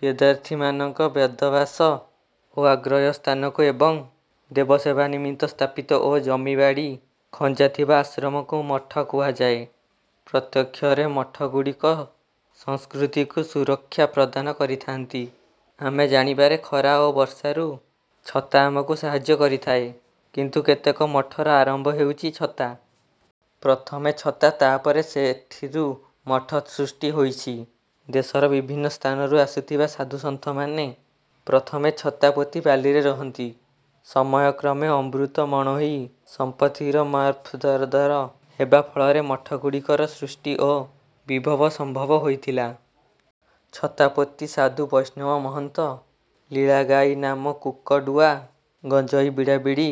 ବିଦ୍ୟାର୍ଥୀମାନଙ୍କ ବେଦଭ୍ୟାସ ଓ ଆଶ୍ରୟ ସ୍ଥାନକୁ ଏବଂ ଦେବସେବା ନିମିତ୍ତ ସ୍ଥାପିତ ଓ ଜମି ବାଡ଼ି ଖଞ୍ଜାଥିବା ଆଶ୍ରମକୁ ମଠ କୁହାଯାଏ। ପ୍ରତ୍ୟକ୍ଷରେ ମଠଗୁଡ଼ିକ ସଂସ୍କୃତିକୁ ସୁରକ୍ଷା ପ୍ରଦାନ କରିଥାନ୍ତି। ଆମେ ଜାଣିବାରେ ଖରା ଓ ବର୍ଷାରୁ ଛତା ଆମକୁ ସାହାର୍ଯ୍ୟ କରିଥାଏ। କିନ୍ତୁ କେତେକ ମଠର ଆରମ୍ଭ ହେଉଛି ଛତା। ପ୍ରଥମେ ଛତା ତାପରେ ସେଥିରୁ ମଠ ସୃଷ୍ଟି ହୋଇଛି। ଦେଶର ବିଭିନ୍ନ ସ୍ଥାନରୁ ଆସୁଥିବା ସାଧୁ ସନ୍ଥମାନେ ପ୍ରଥମେ ଛତା ପୋତି ବାଲିରେ ରହନ୍ତି। ସମୟ କ୍ରମେ ଅମୃତ ମଣୋହି ସମ୍ପତ୍ତିର ମାର୍ଫତଦାରଦାର ହେବା ଫଳରେ ମଠ ଗୁଡିକର ସୃଷ୍ଟି ଓ ବିଭବ ସମ୍ଭବ ହୋଇଥିଲା। ଛତାପୋତି ସାଧୁ ବୈଷ୍ଣବ ମହନ୍ତ ଲୀଳା ଗାଇ ନାମକୁକଡୁଆ ଗଞ୍ଜଇ ବିଡାବିଡି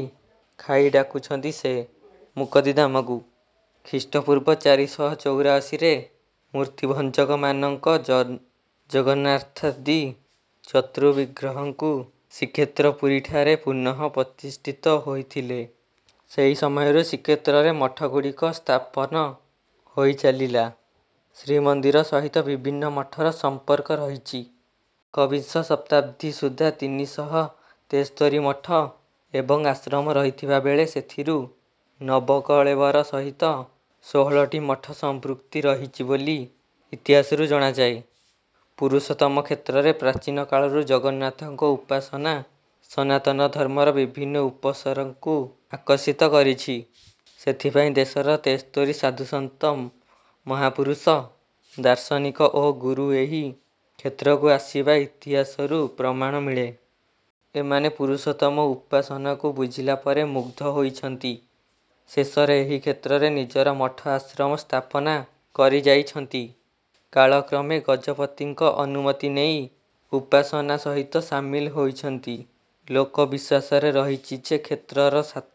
ଖାଇଡାକୁଛନ୍ତି ସେ ମୁକତି ଧାମକୁ। ଖ୍ରୀଷ୍ଟପୂର୍ବ ଚାରି ଶହ ଚଉରାଅଶୀରେ ମୂର୍ତ୍ତିଭଞ୍ଜକମାନଙ୍କ ଜ ଜଗନ୍ନାଥଦି ଚତୁଃବିଗ୍ରହଙ୍କୁ ଶ୍ରୀକ୍ଷେତ୍ର ପୁରୀଠାରେ ପୁନଃ ପ୍ରତିଷ୍ଠିତ ହୋଇଥିଲେ। ସେହି ସମୟରେ ଶ୍ରୀକ୍ଷେତ୍ରରେ ମଠଗୁଡ଼ିକ ସ୍ଥାପନ ହୋଇଚାଲିଲା। ଶ୍ରୀମନ୍ଦିର ସହିତ ବିଭିନ୍ନ ମଠର ସମ୍ପର୍କ ରହିଛି। ଏକବିଂଶ ଶତାବ୍ଦୀ ସୁଦ୍ଧା ତିନି ଶହ ତେସ୍ତରୀ ମଠ ଏବଂ ଆଶ୍ରମ ରହିଥିବା ବେଳେ ସେଥିରୁ ନବକଳେବର ସହିତ ଷୋହଳଟି ମଠର ସମ୍ପୃକ୍ତି ରହିଛି ବୋଲି ଇତିହାସରୁ ଜଣାଯାଏ। ପୁରୁଷୋତ୍ତମ କ୍ଷେତ୍ରରେ ପ୍ରାଚୀନକାଳରୁ ଜଗନ୍ନାଥଙ୍କ ଉପାସନା ସନାତନ ଧର୍ମର ବିଭିନ୍ନ ଉପସରଙ୍କୁ ଆକର୍ଷିତ କରିଛି। ସେଥିପାଇଁ ଦେଶର ତେସ୍ତରୀ ସାଧୁସନ୍ଥମ୍ ମହାପୁରୁଷ ଦାର୍ଶନିକ ଓ ଗୁରୁ ଏହି କ୍ଷେତ୍ରକୁ ଆସିବା ଇତିହାସରୁ ପ୍ରମାଣ ମିଳେ। ଏମାନେ ପୁରୁଷୋତ୍ତମ ଉପାସନାକୁ ବୁଝିଲା ପରେ ମୁଗ୍ଧ ହୋଇଛନ୍ତି। ଶେଷରେ ଏହି କ୍ଷେତ୍ରରେ ନିଜର ମଠ ଆଶ୍ରମ ସ୍ଥାପନା କରିଯାଇଛନ୍ତି। କାଳକ୍ରମେ ଗଜପତିଙ୍କ ଅନୁମତି ନେଇ ଉପାସନା ସହିତ ସାମିଲ ହୋଇଛନ୍ତି। ଲୋକ ବିଶ୍ୱାସରେ ରହିଛି ଯେ କ୍ଷେତ୍ରର ସାତ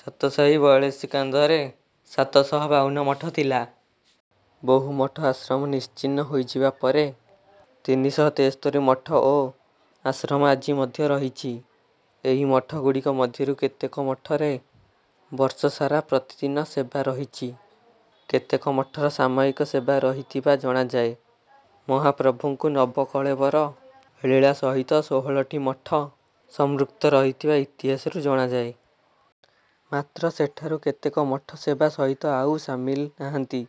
ସାତ ସାହି ବୟାଳିଶ କନ୍ଦିରେ ସାତ ଶହ ବାଉନ ମଠ ଥିଲା। ବହୁ ମଠ ଆଶ୍ରମ ନିଶ୍ଚିହ୍ନ ହୋଇଯିବା ପରେ ତିନି ଶହ ତେସ୍ତରୀ ମଠ ଓ ଆଶ୍ରମ ଆଜି ମଧ୍ୟ ରହିଛି। ଏହି ମଠଗୁଡ଼ିକ ମଧ୍ୟରୁ କେତେକ ମଠରେ ବର୍ଷସାରା ପ୍ରତିଦିନ ସେବା ରହିଛି। କେତେକ ମଠର ସାମୟିକ ସେବା ରହିଥିବା ଜଣାଯାଏ। ମହାପ୍ରଭୁଙ୍କୁ ନବକଳେବର ଲୀଳା ସହିତ ଷୋହଳଟି ମଠ ସମୃକ୍ତ ରହିଥିବା ଇତିହାସରୁ ଜଣାଯାଏ। ମାତ୍ର ସେଠାରୁ କେତେକ ମଠ ସେବା ସହିତ ଆଉ ସାମିଲ ନାହାନ୍ତି।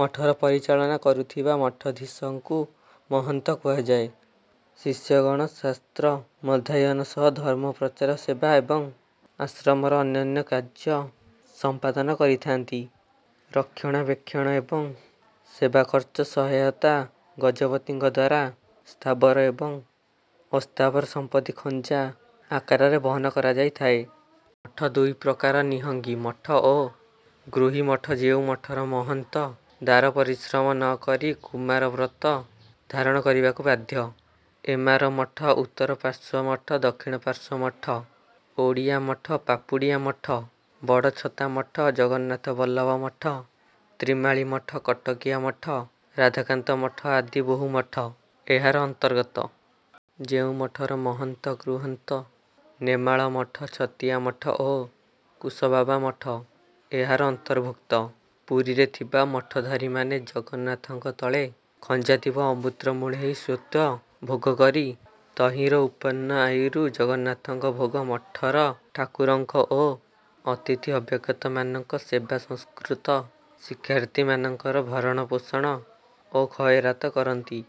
ମଠର ପରିଚାଳନା କରୁଥିବା ମଠାଧୀଶ ଙ୍କୁ ମହନ୍ତ କୁହାଯାଏ। ଶିଷ୍ୟଗଣ ଶାସ୍ତ୍ର ଅଧ୍ୟୟନ ସହ ଧର୍ମ ପ୍ରଚାର ସେବା ଏବଂ ଆଶ୍ରମର ଅନ୍ୟାନ୍ୟ କାର୍ଯ୍ୟ ସମ୍ପାଦନ କରିଥାନ୍ତି। ରକ୍ଷଣାବେକ୍ଷଣ ଏବଂ ସେବା ଖର୍ଚ୍ଚ ସହାୟତା ଗଜପତିଙ୍କଦ୍ୱାରା ସ୍ଥାବର ଏବଂ ଅସ୍ଥାବର ସମ୍ପତି ଖଞ୍ଜା ଆକାରରେ ବହନ କରାଯାଇଥାଏ। ମଠ ଦୁଇ ପ୍ରକାର ନିହଙ୍ଗି ମଠ ଓ ଗୃହୀ ମଠ ଯେଉଁ ମଠର ମହନ୍ତ ଦାରପରିଶ୍ରମ ନ କରି କୁମାର ବ୍ରତ ଧାରଣ କରିବାକୁ ବାଧ୍ୟ। ଏମାର ମଠ ଉତ୍ତରପାର୍ଶ୍ୱ ମଠ ଦକ୍ଷିଣପାର୍ଶ୍ୱ ମଠ ଓଡ଼ିଆ ମଠ ପାପୁଡ଼ିଆ ମଠ ବଡ଼ଛତା ମଠ ଜଗନ୍ନାଥ ବଲ୍ଲଭ ମଠ ତ୍ରିମାଳି ମଠ କଟକିଆ ମଠ ରାଧାକାନ୍ତ ମଠ ଆଦି ବହୁ ମଠ ଏହାର ଅନ୍ତର୍ଗତ। ଯେଉଁ ମଠର ମହନ୍ତ ଗୃହନ୍ତ। ନେମାଳ ମଠ ଛତିଆ ମଠ ଓ କୁଶବାବା ମଠ ଏହାର ଅନ୍ତର୍ଭୁକ୍ତ। ପୁରୀରେ ଥିବା ମଠଧାରୀମାନେ ଜଗନ୍ନାଥଙ୍କ ତଳେ ଖଞ୍ଜାଥିବା ଅମୃତମୁଣୋହିଁ ସ୍ୱତ୍ୱ ଭୋଗ କରି ତହିଁରୁ ଉତ୍ପନ୍ନ ଆୟରୁ ଜଗନ୍ନାଥଙ୍କ ଭୋଗ ମଠର ଠାକୁରଙ୍କ ଓ ଅତିଥି ଅଭ୍ୟାଗତମାନଙ୍କ ସେବା ସଂସ୍କୃତ ଶିକ୍ଷାର୍ଥୀମାନଙ୍କର ଭରଣପୋଷଣ ଓ ଖଏରାତ କରନ୍ତି।